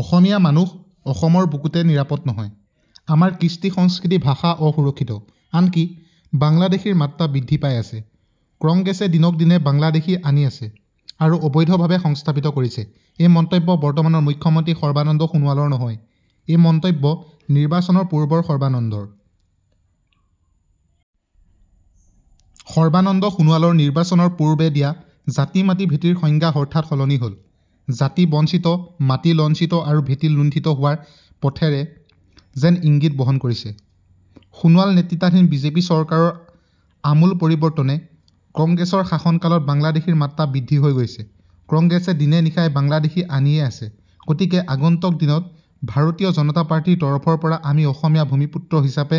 অসমীয়া মানুহ অসমৰ বুকুতে নিৰাপদ নহয়। আমাৰ কৃষ্টি-সংস্কৃতি-ভাষা অসুৰক্ষিত। আনকি বাংলাদেশীৰ মাত্ৰা বৃদ্ধি পাই আছে, কংগ্ৰেছে দিনক দিনে বাংলাদেশী আনি আছে আৰু অবৈধভাৱে সংস্থাপিত কৰিছে। এই মন্তব্য বৰ্তমানৰ মুখ্য মন্ত্ৰী সৰ্বানন্দ সোণোৱালৰ নহয়, এই মন্তব্য নিৰ্বাচনৰ পূৰ্বৰ সৰ্বানন্দৰ। সৰ্বানন্দ সোণোৱালৰ নিৰ্বাচনৰ পূৰ্বে দিয়া জাতি-মাটি-ভেটিৰ সংজ্ঞা হঠাৎ সলনি হ'ল। জাতি বঞ্চিত, মাটি লঞ্ছিত আৰু ভেটি লুণ্ঠিত হোৱাৰ পথৰে যেন ইংগিত বহন কৰিছে সোণোৱাল নেতৃত্বাধীন বিজেপি চৰকাৰৰ আমূল পৰিৱৰ্তনে। কংগ্ৰেছৰ শাসন কালত বাংলাদেশীৰ মাত্ৰা বৃদ্ধি হৈ গৈছে, কংগ্ৰেছে দিনে-নিশাই বাংলাদেশী আনিয়েই আছে, গতিকে আগন্তুক দিনত ভাৰতীয় জনতা পাৰ্টীৰ তৰফৰ পৰা আমি অসমীয়া ভূমিপুত্ৰ হিচাপে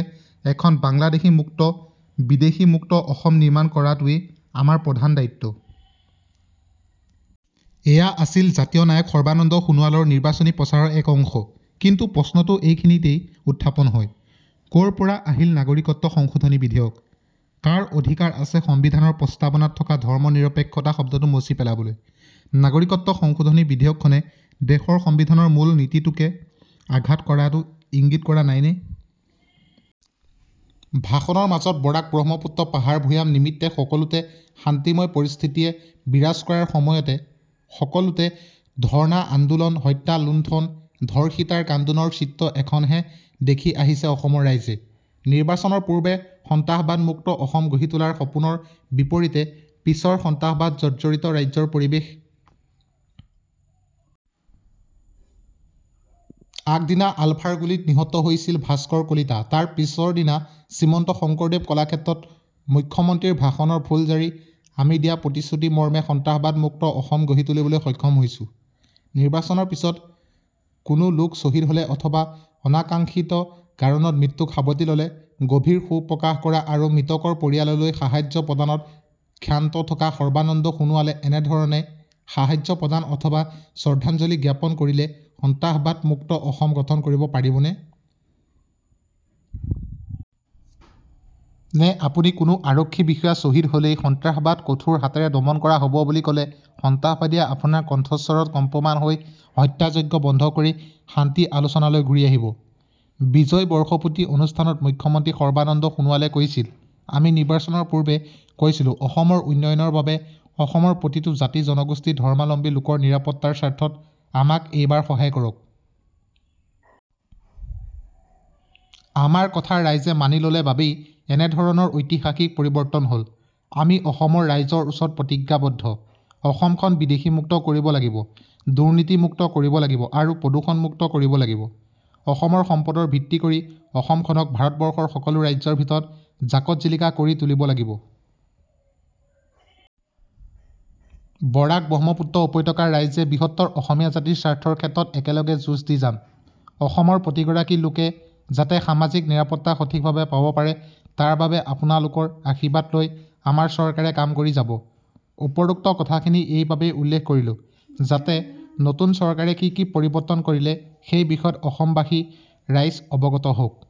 এখন বাংলাদেশীমুক্ত, বিদেশী মুক্ত অসম নিৰ্মাণ কৰাটোৱেই আমাৰ প্ৰধান দায়িত্ব। এয়া আছিল জাতীয় নায়ক সৰ্বানন্দ সোণোৱালৰ নিৰ্বাচনী প্ৰচাৰৰ এক অংশ। কিন্তু প্ৰশ্নটো এইখিনিতেই উত্থাপন হয়, ক'ৰ পৰা আহিল নাগৰিকত্ব সংশোধনী বিধেয়ক? কাৰ অধিকাৰ আছে সংবিধানৰ প্ৰস্তাৱনাত থকা ধৰ্ম নিৰপেক্ষতা শব্দটো মচি পেলাবলৈ? নাগৰিকত্ব সংশোধনী বিধেয়কখনে দেশৰ সংবিধানৰ মূল নীতিটোতে আঘাত কৰাটো ইংগিত কৰা নাইনে? ভাষণৰ মাজত বৰাক-ব্ৰহ্মপুত্ৰ, পাহাৰ-ভৈয়াম নিমিত্তে সকলোতে শান্তিময় পৰিস্থিতিয়ে বিৰাজ কৰাৰ সময়তে সকলোতে ধৰ্ণা-আন্দোলন, হত্যা-লুণ্ঠন, ধৰ্ষিতাৰ কান্দোনৰ চিত্ৰ এখনহে দেখি আহিছে অসমৰ ৰাইজে। নিৰ্বাচনৰ পূৰ্বে সন্ত্ৰাসবাদমুক্ত অসম গঢ়ি তোলাৰ সপোনৰ বিপৰীতে পিছৰ সন্ত্ৰাসবাদ জৰ্জৰিত ৰাজ্যৰ পৰিৱেশ। আগদিনা আলফাৰ গুলীত নিহত হৈছিল ভাস্কৰ কলিতা, তাৰ পিছৰদিনা শ্ৰীমন্ত শংকৰদেৱ কলাক্ষেত্ৰত মুখ্য মন্ত্ৰীৰ ভাষণৰ ফুলজাৰি, 'আমি দিয়া প্ৰতিশ্ৰুতি মৰ্মে সন্ত্ৰাসবাদমুক্ত অসম গঢ়ি তুলিবলৈ সক্ষম হৈছোঁ'। নিৰ্বাচনৰ পিছত কোনো লোক চহিদ হ'লে অথবা অনাকাংক্ষিত কাৰণত মৃত্যুক সাৱটি ল'লে গভীৰ শোক প্ৰকাশ কৰা আৰু মৃতকৰ পৰিয়াললৈ সাহায্য প্ৰদানত ক্ষান্ত থকা সৰ্বানন্দ সোণোৱালে এনেধৰণে সাহায্য প্ৰদান অথবা শ্ৰদ্ধাঞ্জলি জ্ঞাপন কৰিলে সন্ত্ৰাসবাদমুক্ত অসম গঠন কৰিব পাৰিবনে? নে আপুনি কোনো আৰক্ষী বিষয়া চহিদ হ'লেই সন্ত্ৰাসবাদ কঠোৰ হাতেৰে দমন কৰা হ'ব বুলি ক'লে সন্ত্ৰাসবাদীয়ে আপোনাৰ কণ্ঠস্বৰত কম্পমান হৈ হত্যাযজ্ঞ বন্ধ কৰি শান্তি আলোচনালৈ ঘূৰি আহিব? বিজয় বৰ্ষপূৰ্তি অনুষ্ঠানত মুখ্য মন্ত্ৰী সৰ্বানন্দ সোণোৱালে কৈছিল, 'আমি নিৰ্বাচনৰ পূৰ্বে কৈছিলোঁ অসমৰ উন্নয়নৰ বাবে, অসমৰ প্ৰতিটো জাতি-জনগোষ্ঠী, ধৰ্মাৱলম্বী লোকৰ নিৰাপত্তাৰ স্বাৰ্থত আমাক এইবাৰ সহায় কৰক। আমাৰ কথা ৰাইজে মানি ল'লে বাবেই এনেধৰণৰ ঐতিহাসিক পৰিৱৰ্তন হ'ল।' আমি অসমৰ ৰাইজৰ ওচৰত প্ৰতিজ্ঞাবদ্ধ, অসমখন বিদেশীমুক্ত কৰিব লাগিব, দুৰ্নীতিমুক্ত কৰিব লাগিব আৰু প্ৰদূষণ মুক্ত কৰিব লাগিব। অসমৰ সম্পদৰ ভিত্তি কৰি অসমখনক ভাৰতবৰ্ষৰ সকলো ৰাজ্যৰ ভিতৰত জাকতজিলিকা কৰি তুলিব লাগিব। বৰাক-ব্ৰহ্মপুত্ৰ উপত্যকাৰ ৰাইজে বৃহত্তৰ অসমীয়া জাতিৰ স্বাৰ্থৰ ক্ষেত্ৰত একেলগে যুঁজ দি যাম। অসমৰ প্ৰতিগৰাকী লোকে যাতে সামাজিক নিৰাপত্তা সঠিকভাৱে পাব পাৰে তাৰ বাবে আপোনালোকৰ আশীৰ্বাদ লৈ আমাৰ চৰকাৰে কাম কৰি যাব। উপৰোক্ত কথাখিনি এইবাবেই উল্লেখ কৰিলোঁ যাতে নতুন চৰকাৰে কি কি পৰিৱৰ্তন কৰিলে সেই বিষয়ত অসমবাসী ৰাইজ অৱগত হওক।